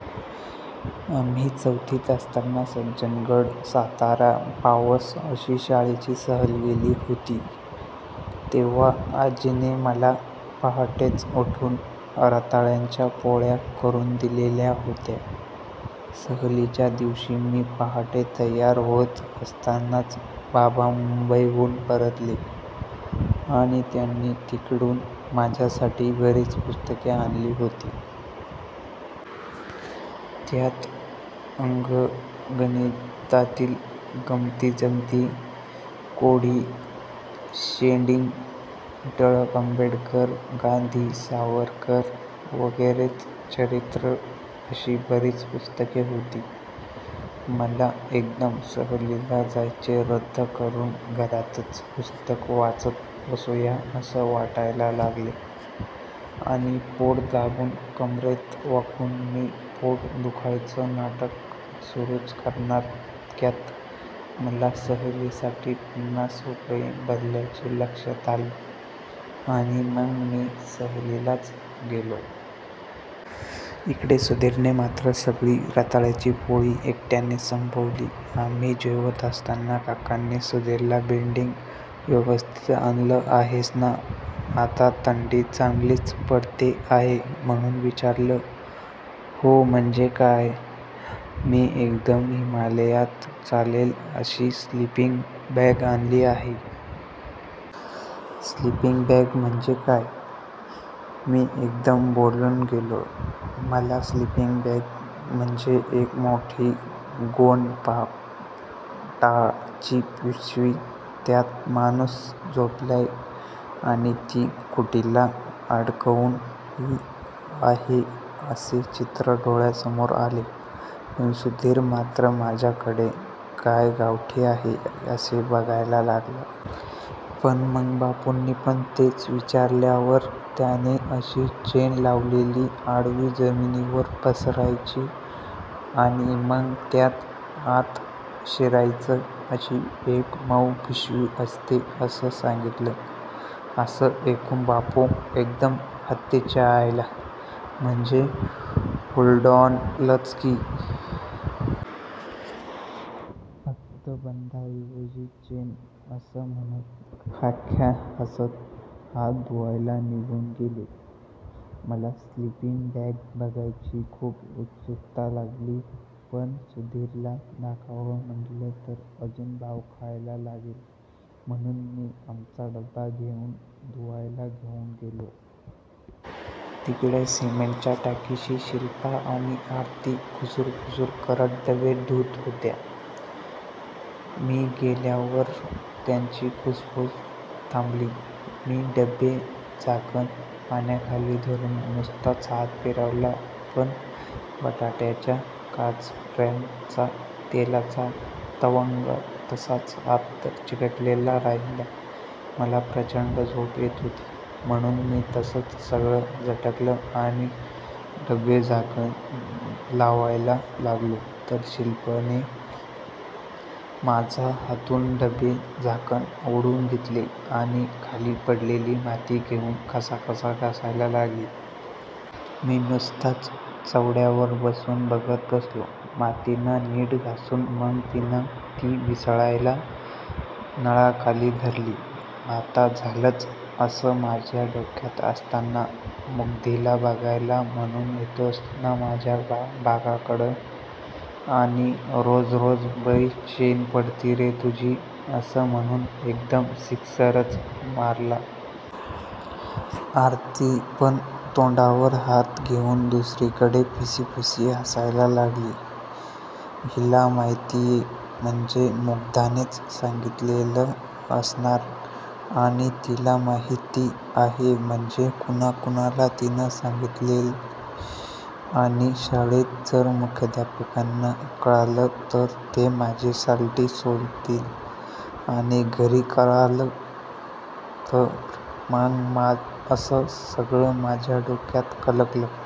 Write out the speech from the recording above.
आमची चौथीत असताना सज्जनगड-सातारा-पावस अशी शाळेची सहल गेली होती तेव्हा आजीने मला पहाटेचं उठून रताळ्याच्या पोळ्या करुन दिलेल्या होत्या. सहलीच्या दिवशी मी पहाटे तयार होत असतानाच बाबा मुंबईहून परतले आणि त्यांनी तिकडून माझ्यासाठी बरीच पुस्तके आणली होती. त्यात अंकगणितातील गमतीजमती, कोडी, शेडिंग, टिळक-आंबेडकर-गांधी-सावरकर वगैरेंचं चरित्र अशी बरीच पुस्तके होती. मला एकदम सहलीला जायचे रद्द करुन घरातच पुस्तकं वाचत बसुया असं वाटायला लागलं आणि पोट दाबून, कमरेत वाकून, मी पोट दुखायचं नाटक सुरुच करणार इतक्यात मला सहलीसाठी पन्नास रुपये भरल्याचे लक्षात आले आणि मग मी सहलीलाच गेलो. इकडे सुधीरने मात्र सगळी रताळ्याची पोळी एकट्यानेच संपवली. आम्ही जेवत असताना काकांनी सुधीरला बेडिंग व्यवस्थित आणलं आहेस ना? आता थंडी चांगलीच पडते आहे म्हणुन विचारलं. हो म्हणजे काय? मी एकदम हिमालयात चालेल अशी स्लिपींग बॅग आणली आहे. स्लिपींग बॅग म्हणजे काय? मी एकदम बोलून गेलो. मला स्लिपींग बॅग म्हणजे एक मोठी गोणपाटाची पिशवी ज्यात माणुस झोपलाय आणि ती खुंटीला अडकवली आहे असे चित्र डोळ्यासमोर आले. पण सुधीर मात्र माझ्याकडे काय गावठी आहे असे बघायला लागला. पण मग बापूंनी पण तेच विचारल्यावर त्याने अशी चेन लावलेली आडवी जमिनीवर पसरायची आणि मग त्यात आत शिरायचं अशी एक मउ पिशवी असते असं सांगितलं. त्याचं ऐकून बापू एकदम हात्तेच्यायला, म्हणजे होल्डॉलच की. फक्त बंदाऐवजी चेन असं म्हणत ख्याख्या हसत हात धुवायला निघून गेले. मला स्लिपिंग बॅग बघायची खूप उत्सुकता लागली. पण सुधीरला दाखव म्हटलं तर अजून भाव खायला लागेल म्हणुन मी आमचा डबा घेउन धुवायला घेउन गेलो. तिकडे सिमेंटच्या टाकीशी शिल्पा आणि आरती खुसुरफुसुर करत डबे धूत होत्या. मी गेल्यावर त्यांची खुसफुस थांबली. मी डबे-झाकणं पाण्याखाली धरुन नुसताच हात फिरवला पण बटाट्याच्या काचऱ्यांचा तेलाचा तवंग तसाच आत चिकटलेला राहिला. मला प्रचंड झोप येत होती म्हणुन मी तसच सगळं झटकलं आणि डबे-झाकणं लावायला लागलो तर शिल्पीनं माझ्या हातून डबे-झाकणं ओढून घेतली आणि खाली पडलेली माती घेउन खसाखसा घासायला लागली. मी नुसताच चवड्यांवर बसून बघत बसलो. मातीनं नीट घासून मग तिनं ती विसळायला नळाखाली धरली. आता झालच असं माझ्या डोक्यात असताना मुग्धीला बघायचं म्हणुन येतोस ना माझ्या बाकाकडं आणि रोज रोज बरी चेन पडती रे तुझी असं म्हणुन एकदम सिक्सरच मारला. आरतीपण तोंडावर हात घेउन दुसरीकडे फिसीफिसी हसायला लागली. हिला माहितीये म्हणजे मुग्धानेच सांगितलेलं असणार आणि तिला माहिती आहे म्हणजे कुणाकुणाला तिनं सांगितलय आणि शाळेत जर मुख्याधापकांना कळलं तर ते माझी सालडी सोलतील आणि घरी कळलं तर मग असं सगळं माझ्या डोक्यात कलकल